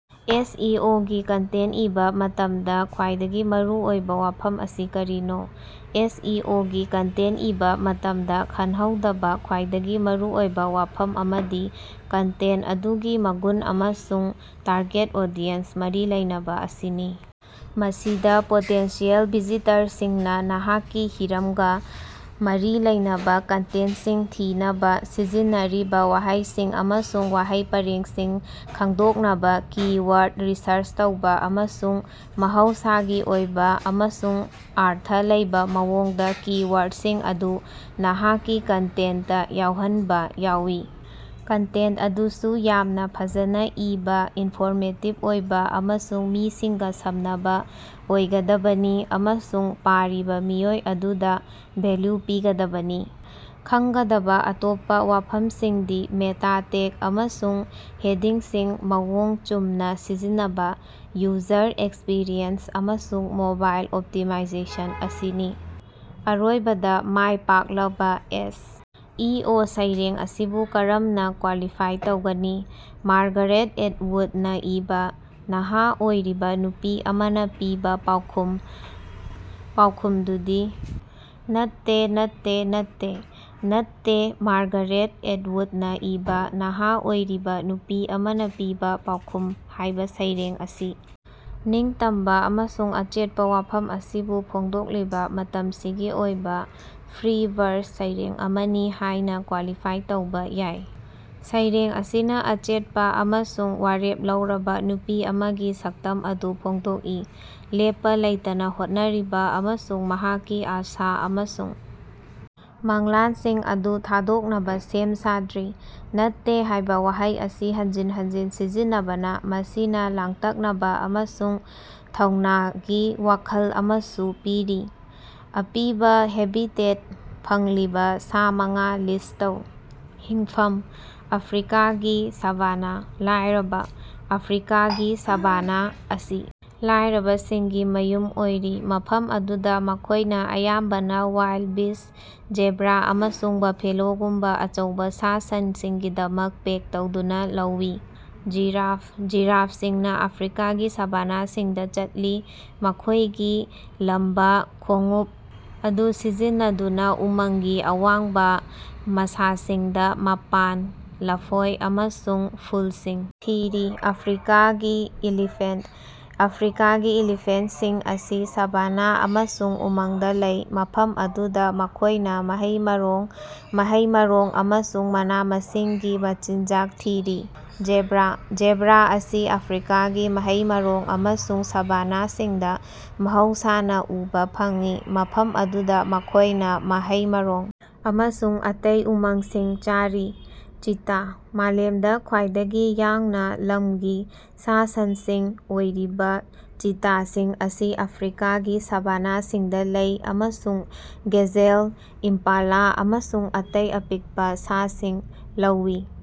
ꯑꯦꯁ. E. O. ꯒꯤ content ꯏꯕꯥ ꯃꯇꯝꯗ ꯈ꯭ꯋꯥꯏꯗꯒꯤ ꯃꯔꯨꯑꯣꯏꯕ ꯋꯥꯐꯝ ꯑꯁꯤ ꯀꯔꯤꯅꯣ? ꯑꯦꯁ. ꯏ. ꯑꯣ. ꯒꯤ ꯀꯟꯇꯦꯟꯇ ꯏꯕ ꯃꯇꯝꯗ ꯈꯟꯍꯧꯗꯕ ꯈ꯭ꯋꯥꯏꯗꯒꯤ ꯃꯔꯨꯑꯣꯏꯕ ꯋꯥꯐꯝ ꯑꯃꯗꯤ ꯀꯟꯇꯦꯟꯇ ꯑꯗꯨꯒꯤ ꯃꯒꯨꯟ ꯑꯃꯁꯨꯡ ꯇꯥꯔꯒꯦꯠ ꯑꯣꯗꯤꯌꯦꯟꯁ ꯃꯔꯤ ꯂꯩꯅꯕ ꯑꯁꯤꯅꯤ꯫ ꯃꯁꯤꯗ ꯄꯣꯇꯦꯟꯁꯤꯌꯦꯜ ꯚꯤꯖꯤꯇꯔꯁꯤꯡꯅ ꯅꯍꯥꯛꯀꯤ ꯍꯤꯔꯝꯒ ꯃꯔꯤ ꯂꯩꯅꯕ ꯀꯟꯇꯦꯟꯇꯁꯤꯡ ꯊꯤꯅꯕ ꯁꯤꯖꯤꯟꯅꯔꯤꯕ ꯋꯥꯍꯩꯁꯤꯡ ꯑꯃꯁꯨꯡ ꯋꯥꯍꯩ ꯄꯔꯦꯡꯁꯤꯡ ꯈꯪꯗꯣꯛꯅꯕ ꯀꯤ-ꯋꯥꯔꯗ ꯔꯤꯁꯔꯆ ꯇꯧꯕ, ꯑꯃꯁꯨꯡ ꯃꯍꯧꯁꯥꯒꯤ ꯑꯣꯏꯕ ꯑꯃꯁꯨꯡ ꯑꯔꯊ ꯂꯩꯕ ꯃꯑꯣꯡꯗ ꯀꯤ-ꯋꯥꯔꯗꯁꯤꯡ ꯑꯗꯨ ꯅꯍꯥꯛꯀꯤ ꯀꯟꯇꯦꯟꯇꯇꯥ ꯌꯥꯎꯍꯟꯕ ꯌꯥꯎꯏ꯫ ꯀꯟꯇꯦꯟꯇ ꯑꯗꯨꯁꯨ ꯌꯥꯝꯅ ꯐꯖꯅ ꯏꯕ, ꯏꯟꯐꯣꯔꯃꯦꯇꯤꯕ ꯑꯣꯏꯕ ꯑꯃꯁꯨꯡ ꯃꯤꯁꯤꯡꯒ ꯁꯝꯅꯕ ꯑꯣꯏꯒꯗꯕꯅꯤ ꯑꯃꯁꯨꯡ ꯄꯥꯔꯤꯕ ꯃꯤꯑꯣꯏ ꯑꯗꯨꯗ ꯚꯦꯜꯂꯨ ꯄꯤꯒꯗꯕꯅꯤ꯫ ꯈꯪꯒꯗꯕ ꯑꯇꯣꯞꯄ ꯋꯥꯐꯝꯁꯤꯡꯗꯤ ꯃꯦꯇꯥ ꯇꯦꯒ ꯑꯃꯁꯨꯡ ꯍꯦꯗꯤꯡꯁꯤꯡ ꯃꯑꯣꯡ ꯆꯨꯝꯅ ꯁꯤꯖꯤꯟꯅꯕ, ꯌꯨꯖꯔ ꯑꯦꯛꯁꯄꯤꯔꯤꯑꯦꯟꯁ, ꯑꯃꯁꯨꯡ ꯃꯣꯕꯥꯏꯜ ꯑꯣꯞꯇꯤꯃꯥꯏꯖꯦꯁꯟ ꯑꯁꯤꯅꯤ꯫ ꯑꯔꯣꯏꯕꯗ, ꯃꯥꯏ ꯄꯥꯛꯂꯕ ꯑꯦꯁ. ꯏ. ꯑꯣ. ꯁꯩꯔꯦꯡ ꯑꯁꯤꯕꯨ ꯀꯔꯝꯅꯥ ꯀ꯭ꯂꯥꯁꯤꯐꯥꯏ ꯇꯧꯒꯅꯤ? ꯃꯥꯔꯒꯥꯔꯦꯠ ꯑꯦꯇꯎꯗꯅ ꯏꯕ "ꯅꯍꯥ ꯑꯣꯏꯔꯤꯕ ꯅꯨꯄꯤ ꯑꯃꯅ ꯄꯤꯕ ꯄꯥꯎꯈꯨꯝ" ꯄꯥꯎꯈꯨꯝꯗꯨꯗꯤ: ꯅꯠꯇꯦ, ꯅꯠꯇꯦ, ꯅꯠꯇꯦ꯫ "ꯅꯠꯇꯦ" ꯃꯥꯔꯒꯥꯔꯦꯠ ꯑꯦꯇꯎꯗꯅ ꯏꯕ "ꯅꯍꯥ ꯑꯣꯏꯔꯤꯕ ꯅꯨꯄꯤ ꯑꯃꯅ ꯄꯤꯕ ꯄꯥꯎꯈꯨꯝ" ꯍꯥꯏꯕ ꯁꯩꯔꯦꯡ ꯑꯁꯤ ꯅꯤꯡꯇꯝꯕ ꯑꯃꯁꯨꯡ ꯑꯆꯦꯠꯄ ꯋꯥꯐꯝ ꯑꯁꯤꯕꯨ ꯐꯣꯡꯗꯣꯛꯂꯤꯕ ꯃꯇꯝꯁꯤꯒꯤ ꯑꯣꯏꯕ, ꯐ꯭ꯔꯤ-ꯕꯔꯁ ꯁꯩꯔꯦꯡ ꯑꯃꯅꯤ ꯍꯥꯏꯅ ꯀ꯭ꯂꯥꯁꯤꯐꯥꯏ ꯇꯧꯕ ꯌꯥꯏ꯫ ꯁꯩꯔꯦꯡ ꯑꯁꯤꯅ ꯑꯆꯦꯠꯄ ꯑꯃꯁꯨꯡ ꯋꯥꯔꯦꯞ ꯂꯧꯔꯕ ꯅꯨꯄꯤ ꯑꯃꯒꯤ ꯁꯛꯇꯝ ꯑꯗꯨ ꯐꯣꯡꯗꯣꯛꯏ, ꯂꯦꯞꯄ ꯂꯩꯇꯅ ꯍꯣꯠꯅꯔꯤꯕ ꯑꯃꯁꯨꯡ ꯃꯍꯥꯛꯀꯤ ꯑꯥꯁ ꯑꯃꯁꯨꯡ ꯃꯪꯂꯥꯟꯁꯤꯡ ꯑꯗꯨ ꯊꯥꯗꯣꯛꯅꯕ ꯁꯦꯝ ꯁꯥꯗ꯭ꯔꯤ꯫ 'ꯅꯠꯇꯦ' ꯍꯥꯏꯕ ꯋꯥꯍꯩ ꯑꯁꯤ ꯍꯟꯖꯤꯟ ꯍꯟꯖꯤꯟ ꯁꯤꯖꯤꯟꯅꯕꯅ ꯃꯁꯤꯅ ꯂꯥꯡꯇꯛꯅꯕ ꯑꯃꯁꯨꯡ ꯊꯧꯅꯥꯒꯤ ꯋꯥꯈꯜ ꯑꯃꯁꯨ ꯄꯤꯔꯤ꯫ ꯑꯄꯤꯕ ꯍꯦꯕꯤꯇꯦꯠ ꯐꯪꯂꯤꯕ ꯁꯥ ꯃꯉꯥ ꯂꯤꯁ ꯇꯧ꯫ ꯍꯤꯡꯐꯝ: ꯑꯐ꯭ꯔꯤꯀꯥꯒꯤ ꯁꯥꯚꯥꯅꯥ꯫ ꯂꯥꯏꯔꯕ: ꯑꯐ꯭ꯔꯤꯀꯥꯒꯤ ꯁꯥꯚꯥꯅ ꯑꯁꯤ ꯂꯥꯏꯔꯕꯁꯤꯡꯒꯤ ꯃꯌꯨꯝ ꯑꯣꯏꯔꯤ, ꯃꯐꯝ ꯑꯗꯨꯗ ꯃꯈꯣꯏꯅ ꯑꯌꯥꯝꯕꯅ ꯋꯥꯏꯜꯗꯕꯤꯁ, ꯖꯦꯕ꯭ꯔꯥ, ꯑꯃꯁꯨꯡ ꯕꯐꯦꯂꯣꯒꯨꯝꯕ ꯑꯆꯧꯕ ꯁꯥ-ꯁꯟꯁꯤꯡꯒꯤꯗꯃꯛ ꯄꯦꯛ ꯇꯧꯗꯨꯅ ꯂꯧꯏ꯫ ꯖꯤꯔꯥꯐ: ꯖꯤꯔꯥꯐꯁꯤꯡꯅ ꯑꯐ꯭ꯔꯤꯀꯥꯒꯤ ꯁꯥꯚꯥꯅꯥꯁꯤꯡꯗ ꯆꯠꯂꯤ, ꯃꯈꯣꯏꯒꯤ ꯂꯝꯕ ꯈꯣꯡꯎꯞ ꯑꯗꯨ ꯁꯤꯖꯤꯟꯅꯗꯨꯅ ꯎꯃꯪꯒꯤ ꯑꯋꯥꯡꯕ ꯃꯁꯥꯁꯤꯡꯗ ꯃꯄꯥꯟ, ꯂꯐꯣꯏ ꯑꯃꯁꯨꯡ ꯐꯨꯜꯁꯤꯡ ꯊꯤꯔꯤ꯫ ꯑꯐ꯭ꯔꯤꯀꯥꯒꯤ ꯏꯂꯤꯐꯦꯟꯇ: ꯑꯐ꯭ꯔꯤꯀꯥꯒꯤ ꯏꯂꯤꯐꯦꯟꯇꯁꯤꯡ ꯑꯁꯤ ꯁꯥꯚꯥꯅꯥ ꯑꯃꯁꯨꯡ ꯎꯃꯪꯗ ꯂꯩ, ꯃꯐꯝ ꯑꯗꯨꯗ ꯃꯈꯣꯏꯅ ꯃꯍꯩ-ꯃꯔꯣꯡ, ꯃꯍꯩ-ꯃꯔꯣꯡ ꯑꯃꯁꯨꯡ ꯃꯅꯥ-ꯃꯁꯤꯡꯒꯤ ꯃꯆꯤꯟꯖꯥꯛ ꯊꯤꯔꯤ꯫ ꯖꯦꯕ꯭ꯔꯥ: ꯖꯦꯕ꯭ꯔꯥ ꯑꯁꯤ ꯑꯐ꯭ꯔꯤꯀꯥꯒꯤ ꯃꯍꯩ-ꯃꯔꯣꯡ ꯑꯃꯁꯨꯡ ꯁꯥꯚꯥꯅꯥꯁꯤꯡꯗ ꯃꯍꯧꯁꯥꯅ ꯎꯕ ꯐꯪꯏ, ꯃꯐꯝ ꯑꯗꯨꯗ ꯃꯈꯣꯏꯅ ꯃꯍꯩ-ꯃꯔꯣꯡ ꯑꯃꯁꯨꯡ ꯑꯇꯩ ꯎꯃꯪꯁꯤꯡ ꯆꯥꯔꯤ꯫ ꯆꯤꯇꯥ: ꯃꯥꯂꯦꯝꯗ ꯈ꯭ꯋꯥꯏꯗꯒꯤ ꯌꯥꯡꯅ ꯂꯝꯒꯤ ꯁꯥ-ꯁꯟꯁꯤꯡ ꯑꯣꯏꯔꯤꯕ ꯆꯤꯇꯥꯁꯤꯡ ꯑꯁꯤ ꯑꯐ꯭ꯔꯤꯀꯥꯒꯤ ꯁꯥꯚꯥꯅꯥꯁꯤꯡꯗ ꯂꯩ ꯑꯃꯁꯨꯡ ꯒꯦꯖꯦꯜ, ꯏꯝꯄꯥꯂꯥ ꯑꯃꯁꯨꯡ ꯑꯇꯩ ꯑꯄꯤꯛꯄꯥ ꯁꯥꯁꯤꯡ ꯂꯧꯏ꯫